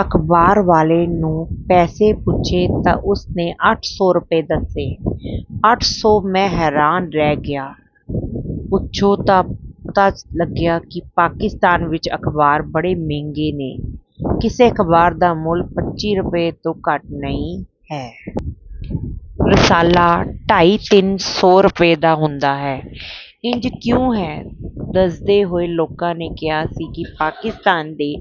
ਅਖ਼ਬਾਰ ਵਾਲੇ ਨੂੰ ਪੈਸੇ ਪੁੱਛੇ ਤਾਂ ਉਸਨੇ ਅੱਠ ਸੌ ਰੁਪਏ ਦੱਸੇ। "ਅੱਠ ਸੌ!" ਮੈਂ ਹੈਰਾਨ ਰਹਿ ਗਿਆ। ਪਿੱਛੋਂ ਪਤਾ ਲੱਗਿਆ ਕਿ ਪਾਕਿਸਤਾਨ ਵਿੱਚ ਅਖ਼ਬਾਰ ਬੜੇ ਮਹਿੰਗੇ ਨੇ। ਕਿਸੇ ਅਖ਼ਬਾਰ ਦਾ ਮੁੱਲ ਪੱਚੀ ਰੁਪਏ ਤੋਂ ਘੱਟ ਨਹੀਂ ਹੈ। ਰਸਾਲਾ ਢਾਈ-ਤਿੰਨ ਸੌ ਰੁਪਏ ਦਾ ਹੁੰਦਾ ਹੈ। ਇੰਜ ਕਿਉਂ ਹੈ, ਦੱਸਦੇ ਹੋਏ ਲੋਕਾਂ ਨੇ ਕਿਹਾ ਸੀ ਕਿ ਪਾਕਿਸਤਾਨ ਦੇ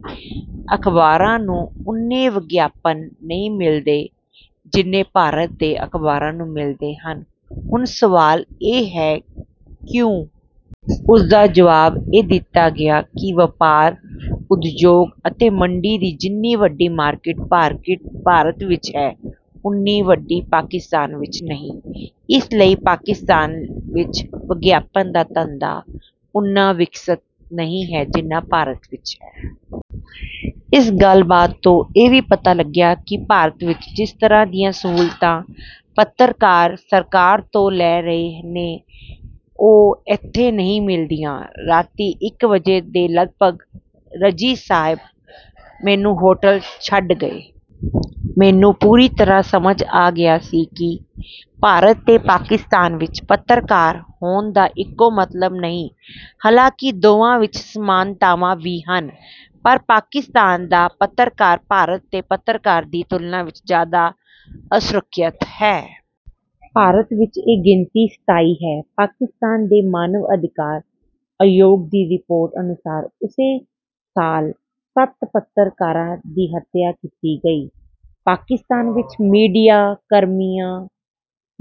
ਅਖ਼ਬਾਰਾਂ ਨੂੰ ਓਨੇ ਵਿਗਿਆਪਨ ਨਹੀਂ ਮਿਲਦੇ ਜਿੰਨੇ ਭਾਰਤ ਦੇ ਅਖ਼ਬਾਰਾਂ ਨੂੰ ਮਿਲਦੇ ਹਨ। ਹੁਣ ਸਵਾਲ ਇਹ ਹੈ, ਕਿਉਂ? ਉਸਦਾ ਜਵਾਬ ਇਹ ਦਿੱਤਾ ਗਿਆ ਕਿ ਵਪਾਰ, ਉਦਯੋਗ ਅਤੇ ਮੰਡੀ ਦੀ ਜਿੰਨੀ ਵੱਡੀ ਮਾਰਕੀਟ ਭਾਰਤ ਵਿੱਚ ਹੈ, ਓਨੀ ਵੱਡੀ ਪਾਕਿਸਤਾਨ ਵਿੱਚ ਨਹੀਂ। ਇਸ ਲਈ ਪਾਕਿਸਤਾਨ ਵਿੱਚ ਵਿਗਿਆਪਨ ਦਾ ਧੰਦਾ ਓਨਾ ਵਿਕਸਤ ਨਹੀਂ ਹੈ, ਜਿੰਨਾ ਭਾਰਤ ਵਿੱਚ ਹੈ। ਇਸ ਗੱਲਬਾਤ ਤੋਂ ਇਹ ਵੀ ਪਤਾ ਲੱਗਿਆ ਕਿ ਭਾਰਤ ਵਿੱਚ ਜਿਸ ਤਰ੍ਹਾਂ ਦੀਆਂ ਸਹੂਲਤਾਂ ਪੱਤਰਕਾਰ ਸਰਕਾਰ ਤੋਂ ਲੈ ਰਹੇ ਨੇ, ਉਹ ਇੱਥੇ ਨਹੀਂ ਮਿਲਦੀਆਂ। ਰਾਤੀ ਇਕ ਵਜੇ ਦੇ ਲਗਭਗ ਰਜ਼ੀ ਸਾਹਬ ਮੈਨੂੰ ਹੋਟਲ ਛੱਡ ਗਏ। ਮੈਨੂੰ ਪੂਰੀ ਤਰ੍ਹਾਂ ਸਮਝ ਆ ਗਈ ਸੀ ਕਿ ਭਾਰਤ ਤੇ ਪਾਕਿਸਤਾਨ ਵਿੱਚ ਪੱਤਰਕਾਰ ਹੋਣ ਦਾ ਇਕੋ ਮਤਲਬ ਨਹੀਂ। ਹਾਲਾਂਕਿ ਦੋਵਾਂ ਵਿੱਚ ਸਮਾਨਤਾਵਾਂ ਵੀ ਹਨ, ਪਰ ਪਾਕਿਸਤਾਨ ਦਾ ਪੱਤਰਕਾਰ ਭਾਰਤ ਦੇ ਪੱਤਰਕਾਰ ਦੀ ਤੁਲਨਾ ਵਿੱਚ ਜ਼ਿਆਦਾ ਅਸੁਰੱਖਿਅਤ ਹੈ। ਭਾਰਤ ਵਿੱਚ ਇਹ ਗਿਣਤੀ ਸਤਾਈ ਹੈ। ਪਾਕਿਸਤਾਨ ਦੇ ਮਾਨਵ ਅਧਿਕਾਰ ਆਯੋਗ ਦੀ ਰਿਪੋਰਟ ਅਨੁਸਾਰ ਉਸੇ ਸਾਲ ਸੱਤ ਪੱਤਰਕਾਰਾਂ ਦੀ ਹੱਤਿਆ ਕੀਤੀ ਗਈ। ਪਾਕਿਸਤਾਨ ਵਿੱਚ ਮੀਡੀਆ ਕਰਮੀਆਂ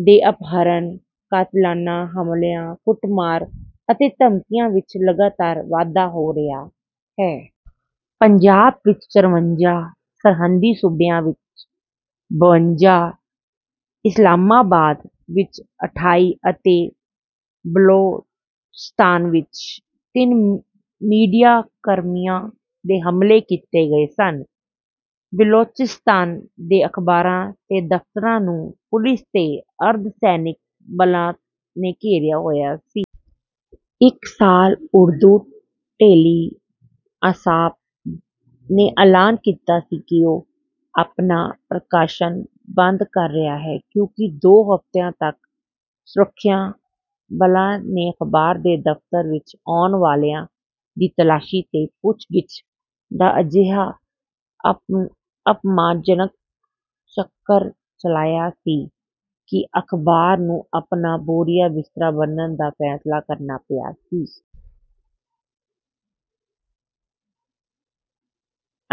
ਦੇ ਅਪਹਰਣ, ਕਾਤਿਲਾਨਾ ਹਮਲਿਆਂ, ਕੁੱਟਮਾਰ ਅਤੇ ਧਮਕੀਆਂ ਵਿੱਚ ਲਗਾਤਾਰ ਵਾਧਾ ਹੋ ਰਿਹਾ ਹੈ। ਪੰਜਾਬ ਵਿੱਚ ਚੌਂਵੰਜਾ, ਸਰਹੱਦੀ ਸੂਬਿਆਂ ਵਿੱਚ ਬਵੰਜਾ, ਇਸਲਾਮਾਬਾਦ ਵਿੱਚ ਅਠਾਈ ਅਤੇ ਬਿਲੋਚਿਸਤਾਨ ਵਿੱਚ ਤਿੰਨ ਮੀਡੀਆ ਕਰਮੀਆਂ 'ਤੇ ਹਮਲੇ ਕੀਤੇ ਗਏ ਸਨ। ਬਿਲੋਚਿਸਤਾਨ ਦੇ ਅਖ਼ਬਾਰਾਂ ਦੇ ਦਫ਼ਤਰਾਂ ਨੂੰ ਪੁਲਿਸ ਤੇ ਅਰਧ-ਸੈਨਿਕ ਬਲਾਂ ਨੇ ਘੇਰਿਆ ਹੋਇਆ ਸੀ। ਇੱਕ ਸਾਲ ਉਰਦੂ ਡੇਲੀ 'ਆਸਾਪ' ਨੇ ਐਲਾਨ ਕੀਤਾ ਸੀ ਕਿ ਉਹ ਆਪਣਾ ਪ੍ਰਕਾਸ਼ਨ ਬੰਦ ਕਰ ਰਿਹਾ ਹੈ, ਕਿਉਂਕਿ ਦੋ ਹਫ਼ਤਿਆਂ ਤੱਕ ਸੁਰੱਖਿਆ ਬਲਾਂ ਨੇ ਅਖ਼ਬਾਰ ਦੇ ਦਫ਼ਤਰ ਵਿੱਚ ਆਉਣ ਵਾਲਿਆਂ ਦੀ ਤਲਾਸ਼ੀ ਤੇ ਪੁੱਛਗਿੱਛ ਦਾ ਅਜਿਹਾ ਅਪਮਾਨਜਨਕ ਚੱਕਰ ਚਲਾਇਆ ਸੀ ਕਿ ਅਖ਼ਬਾਰ ਨੂੰ ਆਪਣਾ ਬੋਰੀਆ-ਬਿਸਤਰਾ ਬੰਨ੍ਹਣ ਦਾ ਫ਼ੈਸਲਾ ਕਰਨਾ ਪਿਆ ਸੀ।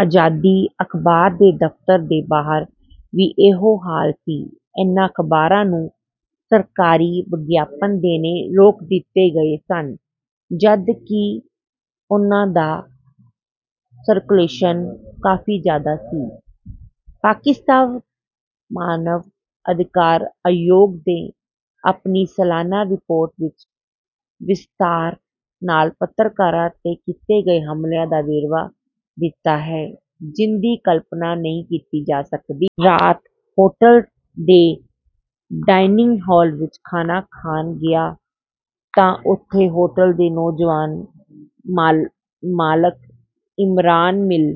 'ਆਜ਼ਾਦੀ' ਅਖ਼ਬਾਰ ਦੇ ਦਫ਼ਤਰ ਦੇ ਬਾਹਰ ਵੀ ਇਹੋ ਹਾਲ ਸੀ। ਇਹਨਾਂ ਅਖ਼ਬਾਰਾਂ ਨੂੰ ਸਰਕਾਰੀ ਵਿਗਿਆਪਨ ਦੇਣੇ ਰੋਕ ਦਿੱਤੇ ਗਏ ਸਨ, ਜਦਕਿ ਉਹਨਾਂ ਦਾ ਸਰਕੁਲੇਸ਼ਨ ਕਾਫ਼ੀ ਜ਼ਿਆਦਾ ਸੀ। ਪਾਕਿਸਤਾਨ ਮਾਨਵ ਅਧਿਕਾਰ ਆਯੋਗ ਨੇ ਆਪਣੀ ਸਾਲਾਨਾ ਰਿਪੋਰਟ ਵਿੱਚ ਵਿਸਥਾਰ ਨਾਲ ਪੱਤਰਕਾਰਾਂ 'ਤੇ ਕੀਤੇ ਗਏ ਹਮਲਿਆਂ ਦਾ ਵੇਰਵਾ ਦਿੱਤਾ ਹੈ, ਜਿਹਦੀ ਕਲਪਨਾ ਨਹੀਂ ਕੀਤੀ ਜਾ ਸਕਦੀ। ਰਾਤ ਹੋਟਲ ਦੇ ਡਾਇਨਿੰਗ ਹਾਲ ਵਿੱਚ ਖਾਣਾ ਖਾਣ ਗਿਆ ਤਾਂ ਉੱਥੇ ਹੋਟਲ ਦੇ ਨੌਜਵਾਨ ਮਾਲਕ ਇਮਰਾਨ ਮਿਲ...